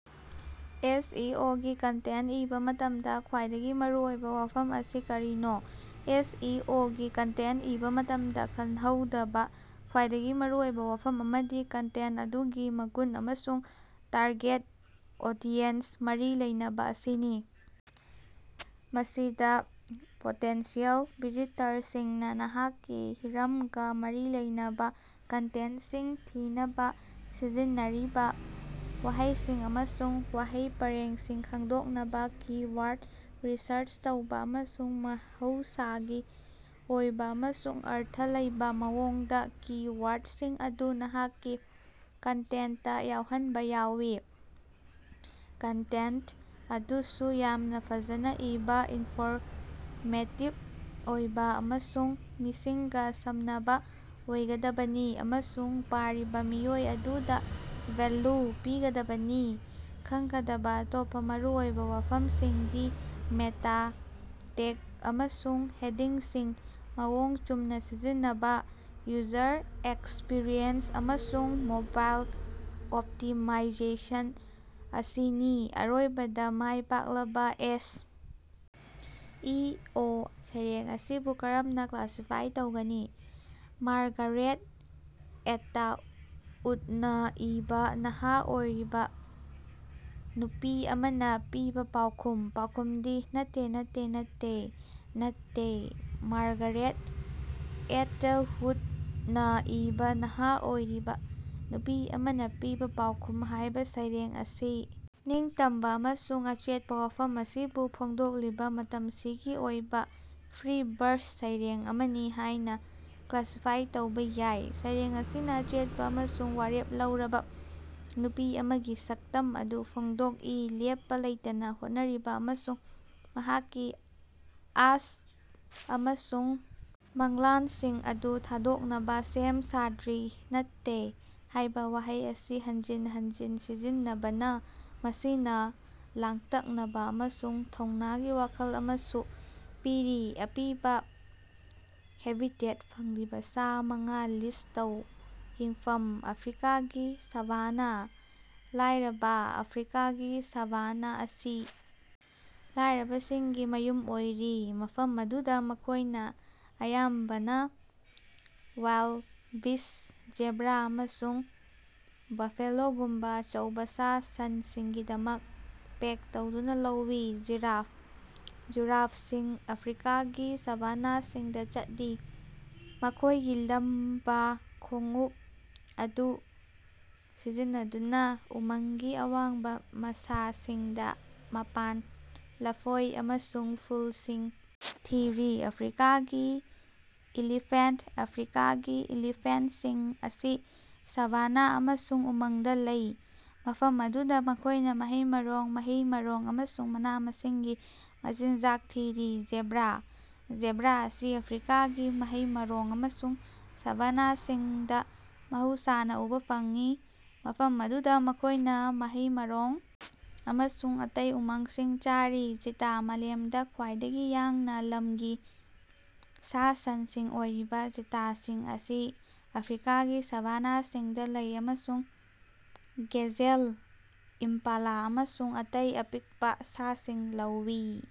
ꯑꯦꯁ. E. O. ꯒꯤ content ꯏꯕꯥ ꯃꯇꯝꯗ ꯈ꯭ꯋꯥꯏꯗꯒꯤ ꯃꯔꯨꯑꯣꯏꯕ ꯋꯥꯐꯝ ꯑꯁꯤ ꯀꯔꯤꯅꯣ? ꯑꯦꯁ. ꯏ. ꯑꯣ. ꯒꯤ ꯀꯟꯇꯦꯟꯇ ꯏꯕ ꯃꯇꯝꯗ ꯈꯟꯍꯧꯗꯕ ꯈ꯭ꯋꯥꯏꯗꯒꯤ ꯃꯔꯨꯑꯣꯏꯕ ꯋꯥꯐꯝ ꯑꯃꯗꯤ ꯀꯟꯇꯦꯟꯇ ꯑꯗꯨꯒꯤ ꯃꯒꯨꯟ ꯑꯃꯁꯨꯡ ꯇꯥꯔꯒꯦꯠ ꯑꯣꯗꯤꯌꯦꯟꯁ ꯃꯔꯤ ꯂꯩꯅꯕ ꯑꯁꯤꯅꯤ꯫ ꯃꯁꯤꯗ ꯄꯣꯇꯦꯟꯁꯤꯌꯦꯜ ꯚꯤꯖꯤꯇꯔꯁꯤꯡꯅ ꯅꯍꯥꯛꯀꯤ ꯍꯤꯔꯝꯒ ꯃꯔꯤ ꯂꯩꯅꯕ ꯀꯟꯇꯦꯟꯇꯁꯤꯡ ꯊꯤꯅꯕ ꯁꯤꯖꯤꯟꯅꯔꯤꯕ ꯋꯥꯍꯩꯁꯤꯡ ꯑꯃꯁꯨꯡ ꯋꯥꯍꯩ ꯄꯔꯦꯡꯁꯤꯡ ꯈꯪꯗꯣꯛꯅꯕ ꯀꯤ-ꯋꯥꯔꯗ ꯔꯤꯁꯔꯆ ꯇꯧꯕ, ꯑꯃꯁꯨꯡ ꯃꯍꯧꯁꯥꯒꯤ ꯑꯣꯏꯕ ꯑꯃꯁꯨꯡ ꯑꯔꯊ ꯂꯩꯕ ꯃꯑꯣꯡꯗ ꯀꯤ-ꯋꯥꯔꯗꯁꯤꯡ ꯑꯗꯨ ꯅꯍꯥꯛꯀꯤ ꯀꯟꯇꯦꯟꯇꯇꯥ ꯌꯥꯎꯍꯟꯕ ꯌꯥꯎꯏ꯫ ꯀꯟꯇꯦꯟꯇ ꯑꯗꯨꯁꯨ ꯌꯥꯝꯅ ꯐꯖꯅ ꯏꯕ, ꯏꯟꯐꯣꯔꯃꯦꯇꯤꯕ ꯑꯣꯏꯕ ꯑꯃꯁꯨꯡ ꯃꯤꯁꯤꯡꯒ ꯁꯝꯅꯕ ꯑꯣꯏꯒꯗꯕꯅꯤ ꯑꯃꯁꯨꯡ ꯄꯥꯔꯤꯕ ꯃꯤꯑꯣꯏ ꯑꯗꯨꯗ ꯚꯦꯜꯂꯨ ꯄꯤꯒꯗꯕꯅꯤ꯫ ꯈꯪꯒꯗꯕ ꯑꯇꯣꯞꯄ ꯃꯔꯨꯑꯣꯏꯕ ꯋꯥꯐꯝꯁꯤꯡꯗꯤ ꯃꯦꯇꯥ ꯇꯦꯒ ꯑꯃꯁꯨꯡ ꯍꯦꯗꯤꯡꯁꯤꯡ ꯃꯑꯣꯡ ꯆꯨꯝꯅ ꯁꯤꯖꯤꯟꯅꯕ, ꯌꯨꯖꯔ ꯑꯦꯛꯁꯄꯤꯔꯤꯑꯦꯟꯁ, ꯑꯃꯁꯨꯡ ꯃꯣꯕꯥꯏꯜ ꯑꯣꯞꯇꯤꯃꯥꯏꯖꯦꯁꯟ ꯑꯁꯤꯅꯤ꯫ ꯑꯔꯣꯏꯕꯗ, ꯃꯥꯏ ꯄꯥꯛꯂꯕ ꯑꯦꯁ. ꯏ. ꯑꯣ. ꯁꯩꯔꯦꯡ ꯑꯁꯤꯕꯨ ꯀꯔꯝꯅꯥ ꯀ꯭ꯂꯥꯁꯤꯐꯥꯏ ꯇꯧꯒꯅꯤ? ꯃꯥꯔꯒꯥꯔꯦꯠ ꯑꯦꯇꯎꯗꯅ ꯏꯕ "ꯅꯍꯥ ꯑꯣꯏꯔꯤꯕ ꯅꯨꯄꯤ ꯑꯃꯅ ꯄꯤꯕ ꯄꯥꯎꯈꯨꯝ" ꯄꯥꯎꯈꯨꯝꯗꯤ: ꯅꯠꯇꯦ, ꯅꯠꯇꯦ, ꯅꯠꯇꯦ꯫ "ꯅꯠꯇꯦ" ꯃꯥꯔꯒꯥꯔꯦꯠ ꯑꯦꯇꯎꯗꯅ ꯏꯕ "ꯅꯍꯥ ꯑꯣꯏꯔꯤꯕ ꯅꯨꯄꯤ ꯑꯃꯅ ꯄꯤꯕ ꯄꯥꯎꯈꯨꯝ" ꯍꯥꯏꯕ ꯁꯩꯔꯦꯡ ꯑꯁꯤ ꯅꯤꯡꯇꯝꯕ ꯑꯃꯁꯨꯡ ꯑꯆꯦꯠꯄ ꯋꯥꯐꯝ ꯑꯁꯤꯕꯨ ꯐꯣꯡꯗꯣꯛꯂꯤꯕ ꯃꯇꯝꯁꯤꯒꯤ ꯑꯣꯏꯕ, ꯐ꯭ꯔꯤ-ꯕꯔꯁ ꯁꯩꯔꯦꯡ ꯑꯃꯅꯤ ꯍꯥꯏꯅ ꯀ꯭ꯂꯥꯁꯤꯐꯥꯏ ꯇꯧꯕ ꯌꯥꯏ꯫ ꯁꯩꯔꯦꯡ ꯑꯁꯤꯅ ꯑꯆꯦꯠꯄ ꯑꯃꯁꯨꯡ ꯋꯥꯔꯦꯞ ꯂꯧꯔꯕ ꯅꯨꯄꯤ ꯑꯃꯒꯤ ꯁꯛꯇꯝ ꯑꯗꯨ ꯐꯣꯡꯗꯣꯛꯏ, ꯂꯦꯞꯄ ꯂꯩꯇꯅ ꯍꯣꯠꯅꯔꯤꯕ ꯑꯃꯁꯨꯡ ꯃꯍꯥꯛꯀꯤ ꯑꯥꯁ ꯑꯃꯁꯨꯡ ꯃꯪꯂꯥꯟꯁꯤꯡ ꯑꯗꯨ ꯊꯥꯗꯣꯛꯅꯕ ꯁꯦꯝ ꯁꯥꯗ꯭ꯔꯤ꯫ 'ꯅꯠꯇꯦ' ꯍꯥꯏꯕ ꯋꯥꯍꯩ ꯑꯁꯤ ꯍꯟꯖꯤꯟ ꯍꯟꯖꯤꯟ ꯁꯤꯖꯤꯟꯅꯕꯅ ꯃꯁꯤꯅ ꯂꯥꯡꯇꯛꯅꯕ ꯑꯃꯁꯨꯡ ꯊꯧꯅꯥꯒꯤ ꯋꯥꯈꯜ ꯑꯃꯁꯨ ꯄꯤꯔꯤ꯫ ꯑꯄꯤꯕ ꯍꯦꯕꯤꯇꯦꯠ ꯐꯪꯂꯤꯕ ꯁꯥ ꯃꯉꯥ ꯂꯤꯁ ꯇꯧ꯫ ꯍꯤꯡꯐꯝ: ꯑꯐ꯭ꯔꯤꯀꯥꯒꯤ ꯁꯥꯚꯥꯅꯥ꯫ ꯂꯥꯏꯔꯕ: ꯑꯐ꯭ꯔꯤꯀꯥꯒꯤ ꯁꯥꯚꯥꯅ ꯑꯁꯤ ꯂꯥꯏꯔꯕꯁꯤꯡꯒꯤ ꯃꯌꯨꯝ ꯑꯣꯏꯔꯤ, ꯃꯐꯝ ꯑꯗꯨꯗ ꯃꯈꯣꯏꯅ ꯑꯌꯥꯝꯕꯅ ꯋꯥꯏꯜꯗꯕꯤꯁ, ꯖꯦꯕ꯭ꯔꯥ, ꯑꯃꯁꯨꯡ ꯕꯐꯦꯂꯣꯒꯨꯝꯕ ꯑꯆꯧꯕ ꯁꯥ-ꯁꯟꯁꯤꯡꯒꯤꯗꯃꯛ ꯄꯦꯛ ꯇꯧꯗꯨꯅ ꯂꯧꯏ꯫ ꯖꯤꯔꯥꯐ: ꯖꯤꯔꯥꯐꯁꯤꯡꯅ ꯑꯐ꯭ꯔꯤꯀꯥꯒꯤ ꯁꯥꯚꯥꯅꯥꯁꯤꯡꯗ ꯆꯠꯂꯤ, ꯃꯈꯣꯏꯒꯤ ꯂꯝꯕ ꯈꯣꯡꯎꯞ ꯑꯗꯨ ꯁꯤꯖꯤꯟꯅꯗꯨꯅ ꯎꯃꯪꯒꯤ ꯑꯋꯥꯡꯕ ꯃꯁꯥꯁꯤꯡꯗ ꯃꯄꯥꯟ, ꯂꯐꯣꯏ ꯑꯃꯁꯨꯡ ꯐꯨꯜꯁꯤꯡ ꯊꯤꯔꯤ꯫ ꯑꯐ꯭ꯔꯤꯀꯥꯒꯤ ꯏꯂꯤꯐꯦꯟꯇ: ꯑꯐ꯭ꯔꯤꯀꯥꯒꯤ ꯏꯂꯤꯐꯦꯟꯇꯁꯤꯡ ꯑꯁꯤ ꯁꯥꯚꯥꯅꯥ ꯑꯃꯁꯨꯡ ꯎꯃꯪꯗ ꯂꯩ, ꯃꯐꯝ ꯑꯗꯨꯗ ꯃꯈꯣꯏꯅ ꯃꯍꯩ-ꯃꯔꯣꯡ, ꯃꯍꯩ-ꯃꯔꯣꯡ ꯑꯃꯁꯨꯡ ꯃꯅꯥ-ꯃꯁꯤꯡꯒꯤ ꯃꯆꯤꯟꯖꯥꯛ ꯊꯤꯔꯤ꯫ ꯖꯦꯕ꯭ꯔꯥ: ꯖꯦꯕ꯭ꯔꯥ ꯑꯁꯤ ꯑꯐ꯭ꯔꯤꯀꯥꯒꯤ ꯃꯍꯩ-ꯃꯔꯣꯡ ꯑꯃꯁꯨꯡ ꯁꯥꯚꯥꯅꯥꯁꯤꯡꯗ ꯃꯍꯧꯁꯥꯅ ꯎꯕ ꯐꯪꯏ, ꯃꯐꯝ ꯑꯗꯨꯗ ꯃꯈꯣꯏꯅ ꯃꯍꯩ-ꯃꯔꯣꯡ ꯑꯃꯁꯨꯡ ꯑꯇꯩ ꯎꯃꯪꯁꯤꯡ ꯆꯥꯔꯤ꯫ ꯆꯤꯇꯥ: ꯃꯥꯂꯦꯝꯗ ꯈ꯭ꯋꯥꯏꯗꯒꯤ ꯌꯥꯡꯅ ꯂꯝꯒꯤ ꯁꯥ-ꯁꯟꯁꯤꯡ ꯑꯣꯏꯔꯤꯕ ꯆꯤꯇꯥꯁꯤꯡ ꯑꯁꯤ ꯑꯐ꯭ꯔꯤꯀꯥꯒꯤ ꯁꯥꯚꯥꯅꯥꯁꯤꯡꯗ ꯂꯩ ꯑꯃꯁꯨꯡ ꯒꯦꯖꯦꯜ, ꯏꯝꯄꯥꯂꯥ ꯑꯃꯁꯨꯡ ꯑꯇꯩ ꯑꯄꯤꯛꯄꯥ ꯁꯥꯁꯤꯡ ꯂꯧꯏ꯫